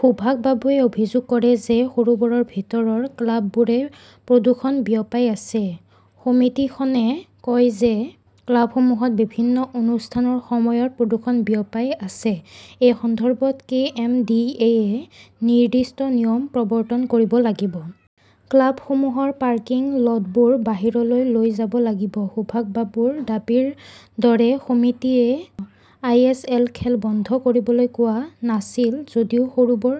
সুভাষ বাবুৱে অভিযোগ কৰে যে সৰোবৰৰ ভিতৰৰ ক্লাববোৰে প্ৰদূষণ বিয়পাই আছে। সমিতিখনে কয় যে ক্লাবসমূহত বিভিন্ন অনুষ্ঠানৰ সময়ত প্ৰদূষণ বিয়পাই আছে। এই সন্দৰ্ভত কে. এম. ডি. এ. -য়ে নিৰ্দিষ্ট নিয়ম প্ৰৱৰ্তন কৰিব লাগিব। ক্লাবসমূহৰ পাৰ্কিং লটবোৰ বাহিৰলৈ লৈ যাব লাগিব। সুভাষ বাবুৰ দাবীৰ দৰে সমিতিয়ে আইএছএল খেল বন্ধ কৰিবলৈ কোৱা নাছিল যদিও সৰোবৰ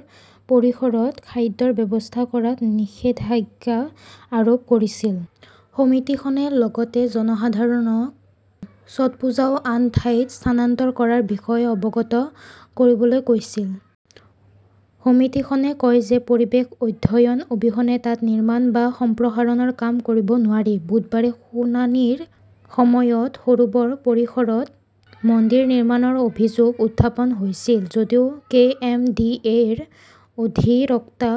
পৰিসৰত খাদ্যৰ ব্যৱস্থা কৰাত নিষেধাজ্ঞা আৰোপ কৰিছিল। সমিতিখনে লগতে জনসাধাৰণক ছটপুজাও আন ঠাইত স্থানান্তৰ কৰাৰ বিষয়ে অৱগত কৰিবলৈ কৈছিল। সমিতিখনে কয় যে পৰিৱেশ অধ্যয়ন অবিহনে তাত নিৰ্মাণ বা সম্প্ৰসাৰণৰ কাম কৰিব নোৱাৰি। বুধবাৰে শুনানিৰ সময়ত সৰোবৰ পৰিসৰত মন্দিৰ নিৰ্মাণৰ অভিযোগ উত্থাপন হৈছিল। যদিও কে. এম. ডি. এ. -ৰ অধিবক্তা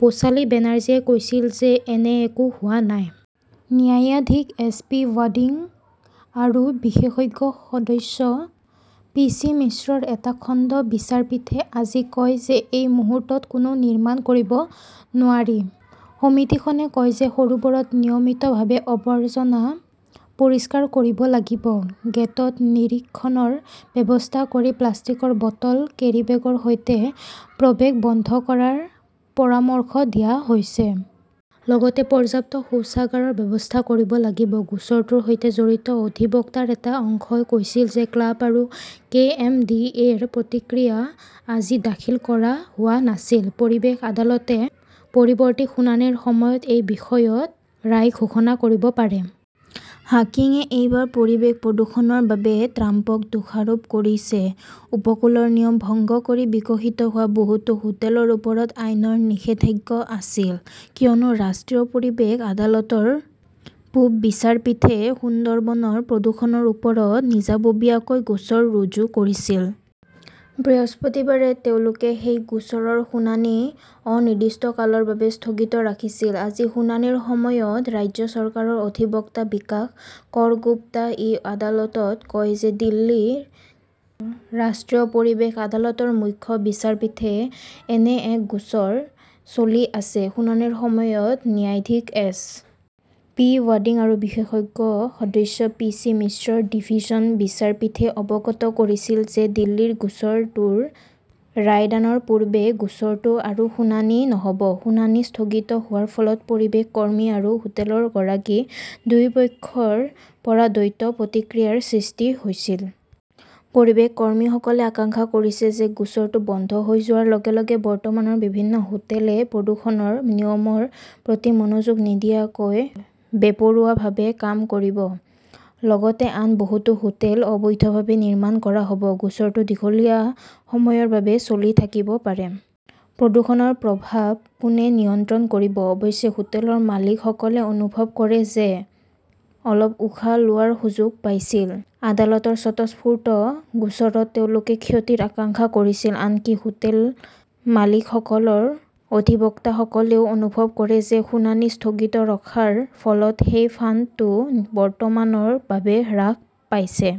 পোচালী বেনাৰ্জীয়ে কৈছিল যে এনে একো হোৱা নাই। ন্যায়াধীশ এছ. পি. ৱাংদী আৰু বিশেষজ্ঞ সদস্য পি. চি. মিশ্ৰৰ এটা খণ্ড বিচাৰপীঠে আজি কয় যে এই মুহূৰ্তত কোনো নিৰ্মাণ কৰিব নোৱাৰি। সমিতিখনে কয় যে সৰোবৰত নিয়মিতভাৱে আৱৰ্জনা পৰিষ্কাৰ কৰিব লাগিব। গেটত নিৰীক্ষণৰ ব্যৱস্থা কৰি প্লাষ্টিকৰ বটল, কেৰীবেগৰ সৈতে প্ৰৱেশ বন্ধ কৰাৰ পৰামৰ্শ দিয়া হৈছে। লগতে পৰ্যাপ্ত শৌচাগাৰৰ ব্যৱস্থা কৰিব লাগিব। গোচৰটোৰ সৈতে জড়িত অধিবক্তাৰ এটা অংশই কৈছিল যে ক্লাব আৰু কে. এম. ডি. এ. -ৰ প্ৰতিক্ৰিয়া আজি দাখিল কৰা হোৱা নাছিল। পৰিৱেশ আদালতে পৰৱৰ্তী শুনানিৰ সময়ত এই বিষয়ত ৰায় ঘোষণা কৰিব পাৰে। হাক্কিংয়ে এইবাৰ পৰিৱেশ প্ৰদূষণৰ বাবে ট্ৰাম্পক দোষাৰোপ কৰিছে উপকূলৰ নিয়ম ভংগ কৰি বিকশিত হোৱা বহুতো হোটেলৰ ওপৰত আইনৰ নিষেধাজ্ঞা আছিল। কিয়নো ৰাষ্ট্ৰীয় পৰিৱেশ আদালতৰ পূব বিচাৰপীঠে সুন্দৰবনৰ প্ৰদূষণৰ ওপৰত নিজাববীয়াকৈ গোচৰ ৰুজু কৰিছিল। বৃহস্পতিবাৰে তেওঁলোকে সেই গোচৰৰ শুনানি অনিৰ্দিষ্টকালৰ বাবে স্থগিত ৰাখিছিল। আজি শুনানিৰ সময়ত ৰাজ্য চৰকাৰৰ অধিবক্তা বিকাশ কৰগুপ্তা ই আদালতত কয় যে দিল্লীৰ ৰাষ্ট্ৰীয় পৰিৱেশ আদালতৰ মুখ্য বিচাৰপীঠে এনে এক গোচৰ চলি আছে। শুনানিৰ সময়ত ন্যায়াধীশ এছ. পি. ৱাংদী আৰু বিশেষজ্ঞ সদস্য পি. চি. মিশ্ৰৰ ডিভিছন বিচাৰপীঠে অৱগত কৰিছিল যে দিল্লীৰ গোচৰটোৰ ৰায়দানৰ পূৰ্বে গোচৰটো আৰু শুনানি নহব। শুনানি স্থগিত হোৱাৰ ফলত পৰিৱেশ কৰ্মী আৰু হোটেলৰ গৰাকী দুয়োপক্ষৰ পৰা দ্বৈত প্ৰতিক্ৰিয়াৰ সৃষ্টি হৈছিল। পৰিৱেশ কৰ্মীসকলে আশংকা কৰিছে যে গোচৰটো বন্ধ হৈ যোৱাৰ লগে লগে বৰ্তমানৰ বিভিন্ন হোটেলে প্ৰদূষণৰ নিয়মৰ প্ৰতি মনোযোগ নিদিয়াকৈ বেপৰোৱাভাৱে কাম কৰিব। লগতে আন বহুতো হোটেল অবৈধভাৱে নিৰ্মাণ কৰা হব। গোচৰটো দীঘলীয়া সময়ৰ বাবে চলি থাকিব পাৰে। প্ৰদূষণৰ প্ৰভাৱ কোনে নিয়ন্ত্ৰণ কৰিব? অৱশ্যে, হোটেলৰ মালিকসকলে অনুভৱ কৰে যে অলপ উশাহ লোৱাৰ সুযোগ পাইছিল। আদালতৰ স্বতঃস্ফূৰ্ত গোচৰত তেওঁলোকে ক্ষতিৰ আশংকা কৰিছিল। আনকি হোটেল-মালিক সকলৰ অধিবক্তাসকলেও অনুভৱ কৰে যে শুনানি স্থগিত ৰখাৰ ফলত সেই ফান্দ টো বৰ্তমানৰ বাবে হ্ৰাস পাইছে।